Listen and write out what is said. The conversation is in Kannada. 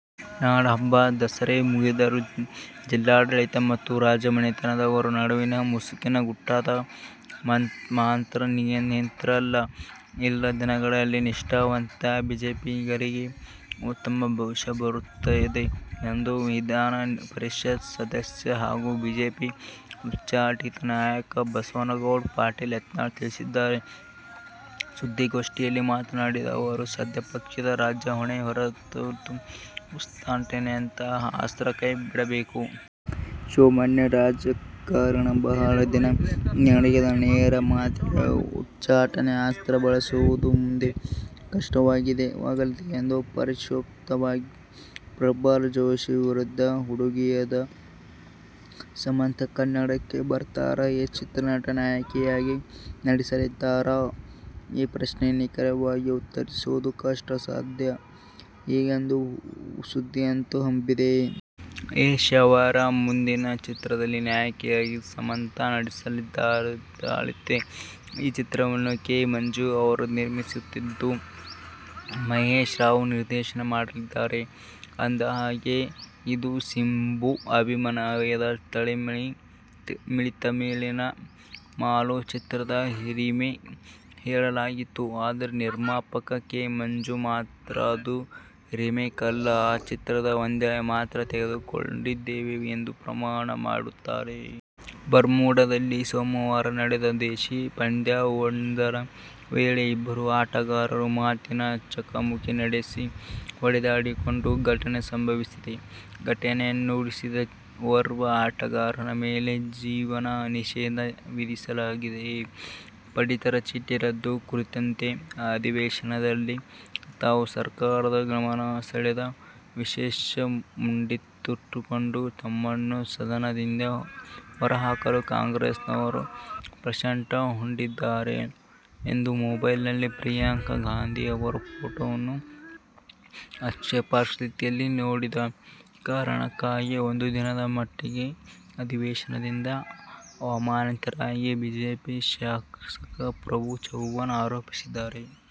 ನಾಡಹಬ್ಬ ದಸರೆ ಮುಗಿದರೂ ಜಿಲ್ಲಾಡಳಿತ ಮತ್ತು ರಾಜ ಮನೆತನದವರ ನಡುವಿನ ಮುಸುಕಿನ ಗುದ್ದಾಟ ಮಾತ್ರ ನಿಂತಿಲ್ಲ. ಇನ್ನು ದಿನಗಳಲ್ಲಿ ನಿಷ್ಠಾವಂತ ಬಿಜೆಪಿಗರಿಗೆ ಉತ್ತಮ ಭವಿಷ್ಯ ಬರುತ್ತದೆ ಎಂದು ವಿಧಾನ ಪರಿಷತ್ ಸದಸ್ಯ ಹಾಗೂ ಬಿಜೆಪಿ ಉಚ್ಚಾಟಿತ ನಾಯಕ ಬಸನಗೌಡ ಪಾಟೀಲ ಯತ್ನಾಳ ತಿಳಿಸಿದ್ದಾರೆ. ಸುದ್ದಿಗೋಷ್ಠಿಯಲ್ಲಿ ಮಾತನಾಡಿದ ಅವರು, ಸದ್ಯ ಪಕ್ಷದಲ್ಲಿ ರಾಜ್ಯ ಹೊಣೆ ಹೊತ್ತವರು ಉಚ್ಚಾಟನೆಯಂತಹ ಅಸ್ತ್ರ ಕೈ ಬಿಡಬೇಕು. ಶೋ ಮ್ಯಾನ್ ರಾಜಕಾರಣ ಬಹಳ ದಿನ ನಡೆಯದು. ನೇರ ಮಾತಿಗೆ ಉಚ್ಚಾಟನೆ ಅಸ್ತ್ರ ಬಳಸುವುದು ಮುಂದೆ ಕಷ್ಟವಾಗಲಿದೆ ಎಂದು ಪರೋಕ್ಷವಾಗಿ ಪ್ರಹ್ಲಾದ ಜೋಶಿ ವಿರುದ್ಧ ಗುಡುಗಿದರು. ಸಮಂತಾ ಕನ್ನಡಕ್ಕೆ ಬರ್ತಾರಾ, ಯಶ್ ಚಿತ್ರದಲ್ಲಿ ನಾಯಕಿಯಾಗಿ ನಟಿಸಲಿದ್ದಾರಾ? ಈ ಪ್ರಶ್ನೆಗೆ ನಿಖರವಾಗಿ ಉತ್ತರಿಸೋದು ಕಷ್ಟ. ಸದ್ಯ ಹೀಗೊಂದು ಸುದ್ದಿಯಂತೂ ಹಬ್ಬಿದೆ. ಯಶ್ ಅವರ ಮುಂದಿನ ಚಿತ್ರದಲ್ಲಿ ನಾಯಕಿಯಾಗಿ ಸಮಂತಾ ನಟಿಸಲಿದ್ದಾರೆನ್ನಲಾಗುತ್ತಿದೆ. ಈ ಚಿತ್ರವನ್ನು ಕೆ. ಮಂಜು ಅವರು ನಿರ್ಮಿಸುತ್ತಿದ್ದು, ಮಹೇಶ್ ರಾವ್ ನಿರ್ದೇಶನ ಮಾಡಲಿದ್ದಾರೆ. ಅಂದಹಾಗೆ, ಇದು ಸಿಂಬು ಅಭಿನಯದ ತಮಿಳಿನ "ವಾಲು' ಚಿತ್ರದ ರೀಮೇಕ್ ಹೇಳಲಾಗಿತ್ತು. ಆದರೆ, ನಿರ್ಮಾಪಕ ಕೆ. ಮಂಜು ಮಾತ್ರ ಅದು ರೀಮೇಕ್ ಅಲ್ಲ, ಆ ಚಿತ್ರದ ಒಂದೆಳೆ ಮಾತ್ರ ತೆಗೆದುಕೊಂಡಿದ್ದೇವೆ ಎಂದು ಪ್ರಮಾಣ ಮಾಡುತ್ತಾರೆ. ಬರ್ಮುಡದಲ್ಲಿ ಸೋಮವಾರ ನಡೆದ ದೇಶೀ ಪಂದ್ಯವೊಂದರ ವೇಳೆ ಇಬ್ಬರು ಆಟಗಾರರು ಮಾತಿನ ಚಕಮಕಿ ನಡೆಸಿ ಹೊಡೆದಾಡಿಕೊಂಡ ಘಟನೆ ಸಂಭವಿಸಿದೆ. ಘಟನೆಯನ್ನನುಸರಿಸಿ ಓರ್ವ ಆಟಗಾರನ ಮೇಲೆ ಆಜೀವ ನಿಷೇಧ ವಿಧಿಸಲಾಗಿದೆ. ಪಡಿತರ ಚೀಟಿ ರದ್ದು ಕುರಿತಂತೆ ಅಧಿವೇಶನದಲ್ಲಿ ತಾವು ಸರ್ಕಾರದ ಗಮನ ಸೆಳೆದ ವಿಷಯ ಮುಂದಿಟ್ಟುಕೊಂಡು ತಮ್ಮನ್ನು ಸದನದಿಂದ ಹೊರಹಾಕಲು ಕಾಂಗ್ರೆಸ್ನವರು ಷಡ್ಯಂತ್ರ ಹೂಡಿದ್ದಾರೆ ಎಂದು ಮೊಬೈಲ್ನಲ್ಲಿ ಪ್ರಿಯಾಂಕಾ ಗಾಂಧಿ ಅವರ ಪೋಟೋವನ್ನು ಆಕ್ಷೇಪಾರ್ಹ ರೀತಿಯಲ್ಲಿ ನೋಡಿದ ಕಾರಣಕ್ಕಾಗಿ ಒಂದು ದಿನದ ಮಟ್ಟಿಗೆ ಅಧಿವೇಶನದಿಂದ ಅಮಾನತಾಗಿರುವ ಬಿಜೆಪಿ ಶಾಸಕ ಪ್ರಭು ಚವ್ಹಾಣ ಆರೋಪಿಸಿದ್ದಾರೆ.